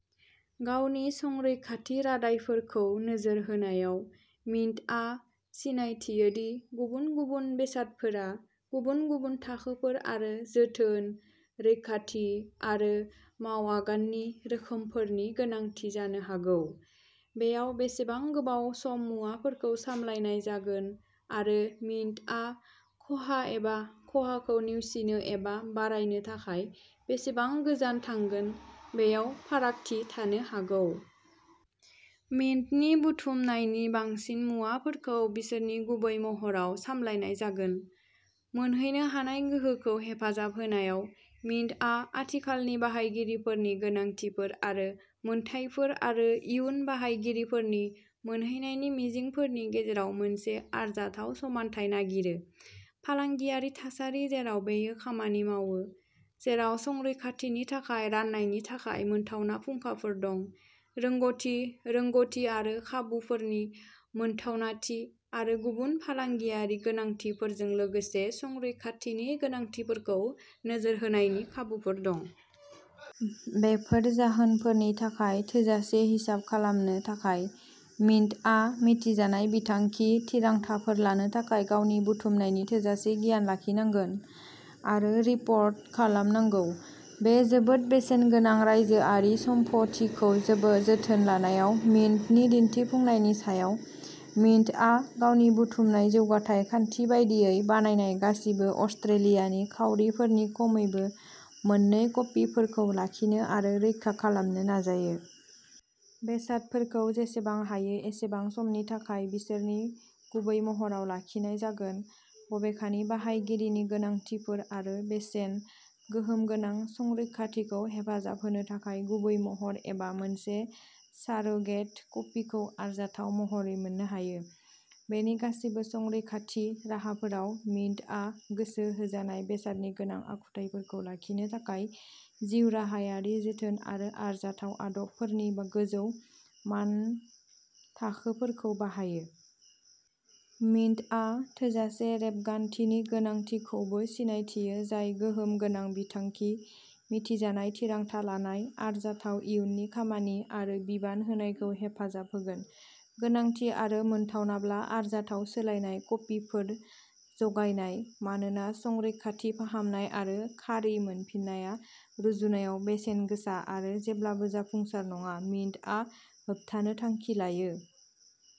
गावनि संरैखाथि रादायफोरखौ नोजोर होनायाव, मिन्टआ सिनायथियो दि गुबुन-गुबुन बेसादफोरा गुबुन-गुबुन थाखोफोर आरो जोथोन, रैखाथि आरो मावआगाननि रोखोमफोरनि गोनांथि जानो हागौ। बेयाव बेसेबां गोबाव सम मुवाफोरखौ सामलायनाय जागोन, आरो मिन्टआ खहा एबा खहाखौ नेवसिनो एबा बारायनो थाखाय बेसेबां गोजान थांगोन, बेयाव फारागथि थानो हागौ। मिन्टनि बुथुमनायनि बांसिन मुवाफोरखौ बिसोरनि गुबै महराव सामलायनाय जागोन। मोनहैनो हानाय गोहोखौ हेफाजाब होनायाव, मिन्टआ आथिखालनि बाहायगिरिफोरनि गोनांथिफोर आरो मोनथायफोर आरो इयुन बाहायगिरिफोरनि मोनहैनायनि मिजिंफोरनि गेजेराव मोनसे आरजाथाव समानथाय नागिरो। फालांगियारि थासारि जेराव बेयो खामानि मावो, जेराव संरैखाथिनि थाखाय राननायनि थाखाय मोनथावना फुंखाफोर दं; रोंग'थि रोंग'थि आरो खाबुफोरनि मोनथावनाथि; आरो गुबुन फालांगियारि गोनांथिफोरजों लोगोसे संरैखाथिनि गोनांथिफोरखौ नोजोर होनायनि खाबुफोर दं। बेफोर जाहोनफोरनि थाखाय थोजासे हिसाब खालामनो थाखाय, मिन्टआ मिथिजानाय बिथांखि थिरांथाफोर लानो थाखाय गावनि बुथुमनायनि थोजासे गियान लाखिनांगोन, आरो रिपर्ट खालामनांगौ। बे जोबोद बेसेन गोनां रायजोआरि सम्फथिखौ जोथोन लानायाव मिन्टनि दिन्थिफुंनायनि सायाव। मिन्टआ गावनि बुथुमनाय जौगाथाय खान्थि बायदियै बानायनाय गासिबो अस्ट्रेलियानि खाउरिफोरनि खमैबो मोननै कपिफोरखौ लाखिनो आरो रैखा खालामनो नाजायो। बेसादफोरखौ जेसेबां हायो एसेबां समनि थाखाय बिसोरनि गुबै महराव लाखिनाय जागोन, बबेखानि बाहायगिरिनि गोनांथिफोर आरो बेसेन-गोहोम गोनां संरैखाथिखौ हेफाजाब होनो थाखाय गुबै महर एबा मोनसे सारोगेट कपिखौ आरजाथाव महरै मोननो हायो। बेनि गासैबो संरैखाथि राहाफोराव, मिन्टआ गोसो होजानाय बेसादनि गोनां आखुथायफोरखौ लाखिनो थाखाय जिउराहायारि जोथोन आरो आरजाथाव आदबफोरनि गोजौ मानथाखोफोरखौ बाहायो। मिन्टआ थोजासे रेबगान्थिनि गोनांथिखौबो सिनायथियो जाय गोहोम गोनां बिथांखि, मिथिजानाय थिरांथा लानाय, आरजाथाव इयुननि खामानि आरो बिबान होनायखौ हेफाजाब होगोन। गोनांथि आरो मोनथावनाब्ला आरजाथाव सोलायनाय कपिफोर जगायनाय। मानोना संरैखाथि फाहामनाय आरो खारि मोनफिननाया रुजुनायाव बेसेन गोसा आरो जेब्लाबो जाफुंसार नङा, मिन्टआ होबथानो थांखि लायो।